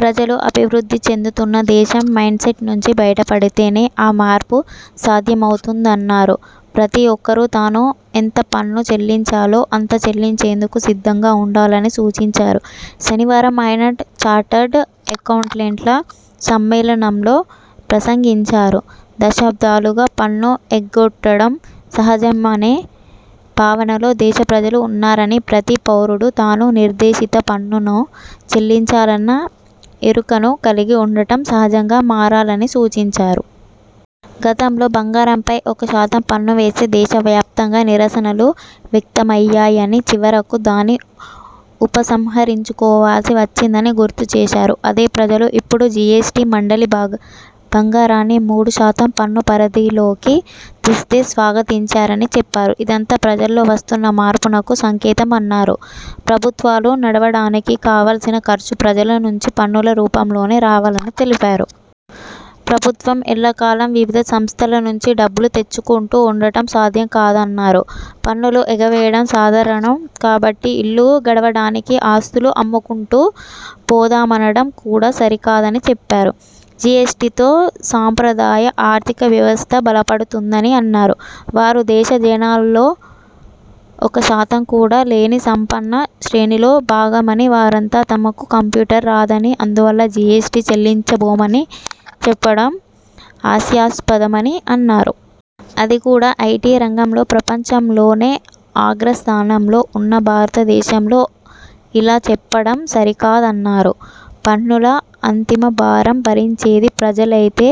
ప్రజలు అభివృద్ధి చెందుతున్న దేశం మైండ్సెట్ నుంచి బయటపడితేనే ఆ మార్పు సాధ్యమవుతుందన్నారు. ప్రతీ ఒక్కరూ తాను ఎంత పన్ను చెల్లించాలో అంత చెల్లించేందుకు సిద్ధంగా ఉండాలని సూచించారు. శనివారం ఆయన చార్టర్డ్ అకౌంటెంట్ల సమ్మేళనంలో ప్రసంగించారు. దశాబ్దాలుగా పన్ను ఎగ్గొట్టడం సహజమనే భావనలో దేశ ప్రజలు ఉన్నారని, ప్రతీ పౌరుడూ తాను నిర్దేశిత పన్నును చెల్లించాలన్న ఎరుకను కలిగి ఉండటం సహజంగా మారాలని సూచించారు. గతంలో బంగారంపై ఒకశాతం పన్ను వేస్తే దేశవ్యాప్తంగా నిరసనలు వ్యక్తమయ్యాయని, చివరకు దాన్ని ఉపసంహరించుకోవాల్సి వచ్చిందని గుర్తుచేశారు. అదే ప్రజలు ఇప్పుడు జీఎస్టీ మండలి బంగారాన్ని మూడు శాతం పన్ను పరిధిలోకి తెస్తే స్వాగతించారని చెప్పారు. ఇదంతా ప్రజల్లో వస్తున్న మార్పునకు సంకేతమన్నారు. ప్రభుత్వాలు నడవడానికి కావల్సిన ఖర్చు ప్రజల నుంచి పన్నుల రూపంలోనే రావాలని తెలిపారు. ప్రభుత్వం ఎల్లకాలం వివిధ సంస్థల నుంచి డబ్బులు తెచ్చుకుంటూ ఉండటం సాధ్యం కాదన్నారు. పన్నులు ఎగవేయడం సాధారణం కాబట్టి ఇల్లు గడవడానికి ఆస్తులు అమ్ముకుంటూ పోదామనడం కూడా సరికాదని చెప్పారు. జీఎస్టీతో సంప్రదాయ ఆర్థిక వ్యవస్థ బలపడుతుందని అన్నారు. వారు దేశ జనాభాలో ఒక శాతం కూడా లేని సంపన్న శ్రేణిలో భాగమని, వారంతా తమకు కంప్యూటర్ రాదని, అందువల్ల జీఎస్టీ చెల్లించబోమని చెప్పడం హాస్యాస్పదమని అన్నారు. అది కూడా ఐటీ రంగంలో ప్రపంచంలోనే ఆగ్రస్థానంలో ఉన్న భారతదేశంలో ఇలా చెప్పడం సరికాదన్నారు. పన్నుల అంతిమభారం భరించేది ప్రజలైతే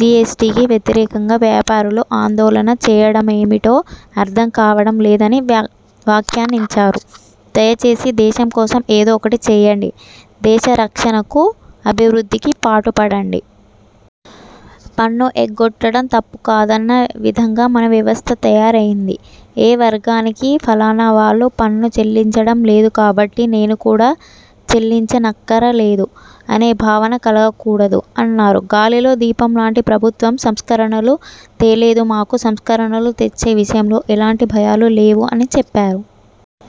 జీఎస్టీకి వ్యతిరేకంగా వ్యాపారులు ఆందోళన చేయడమేమిటో అర్థం కావడం లేదని వ వ్యాఖ్యానించారు. ''దయచేసి దేశం కోసం ఏదో ఒకటి చేయండి. దేశరక్షణకు, అభివృద్ధికి పాటుపడండి. పన్ను ఎగ్గొట్టడం తప్పు కాదన్న విధంగా మన వ్యవస్థ తయారైంది. ఏ వర్గానికీ ఫలానా వాళ్లు పన్ను చెల్లించడం లేదు కాబట్టి నేను కూడా చెల్లించనక్కరలేదు అనే భావన కలగకూడదు'' అన్నారు. ''గాలిలో దీపం లాంటి ప్రభుత్వం సంస్కరణలు తేలేదు. మాకు సంస్కరణలు తెచ్చే విషయంలో ఎలాంటి భయాలూ లేవు'' అని చెప్పారు.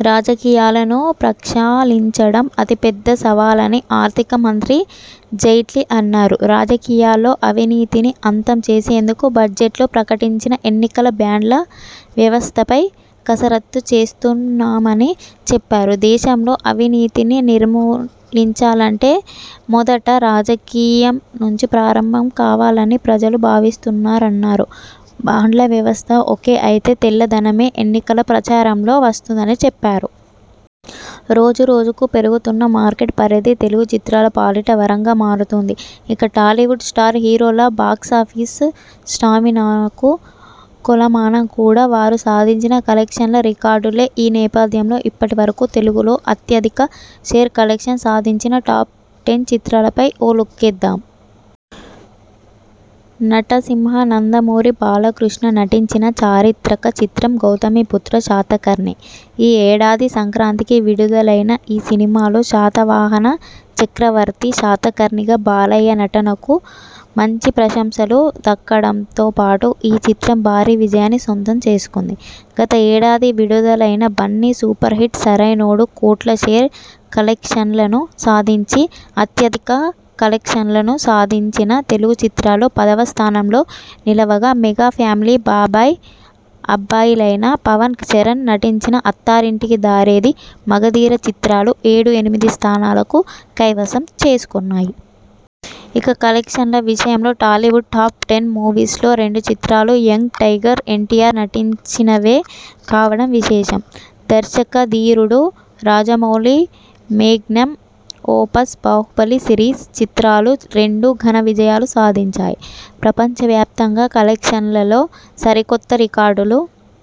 రాజకీయాలను ప్రక్షాళించడం అతి పెద్ద సవాలని ఆర్థిక మంత్రి జైట్లీ అన్నారు. రాజకీయాల్లో అవినీతిని అంతం చేసేందుకు బడ్జెట్లో ప్రకటించిన ఎన్నికల బాండ్ల వ్యవస్థపై కసరత్తు చేస్తున్నామని చెప్పారు. దేశంలో అవినీతిని నిర్మూలించాలంటే మొదట రాజకీయాల నుంచే ప్రారంభం కావాలని ప్రజలు భావిస్తున్నారన్నారు. బాండ్ల వ్యవస్థ ఓకే అయితే తెల్లధనమే ఎన్నికల ప్రచారంలోకి వస్తుందని చెప్పారు. రోజు రోజుకు పెరుగుతోన్న మార్కెట్ పరిధి తెలుగు చిత్రాల పాలిట వరంగా మారుతోంది. ఇక టాలీవుడ్ స్టార్ హీరోల బాక్సాఫీస్ స్టామినాకు కొలమానం కూడా వారు సాధించిన కలెక్షన్ల రికార్డులే. ఈ నేపథ్యంలో ఇప్పటివరకూ తెలుగులో అత్యధిక షేర్ కలెక్షన్స్ సాధించిన టాప్ టెన్ చిత్రాలపై ఓ లుక్కేద్దాం. నటసింహ నందమూరి బాలకృష్ణ నటించిన చారిత్రక చిత్రం 'గౌతమీపుత్ర శాతకర్ణి'. ఈ ఏడాది సంక్రాంతికి విడుదలైన ఈ సినిమాలో శాతవాహన చక్రవర్తి శాతకర్ణిగా బాలయ్య నటనకు మంచి ప్రశంసలు దక్కడంతో పాటు ఈ చిత్రం భారీ విజయాన్ని సొంతం చేసుకుంది. గత ఏడాది విడుదలైన బన్నీ సూపర్ హిట్ 'సరైనోడు' కోట్ల షేర్ కలెక్షన్లను సాధించి అత్యధిక కలెక్షన్లు సాధించిన తెలుగు చిత్రాల్లో పదవ స్థానంలో నిలవగా మెగా ఫ్యామిలీ బాబాయ్-అబ్బాయిలైన పవన్-చరణ్ నటించిన 'అత్తారింటికి దారేది', 'మగధీర' చిత్రాలు ఏడు, ఎనిమిది స్థానాలను కైవసం చేసుకున్నాయి. ఇక కలెక్షన్ల విషయంలో టాలీవుడ్ టాప్ టెన్ మూవీస్ లో రెండు చిత్రాలు యంగ్ టైగర్ ఎన్టీఆర్ నటించినవే కావడం విశేషం. దర్శకధీరుడు Rajamouli magnum opus 'Baahubali' series చిత్రాలు రెండూ ఘన విజయాలు సాధించాయి. ప్రపంచవ్యాప్తంగా కలెక్షన్లలో సరికొత్త రికార్డులు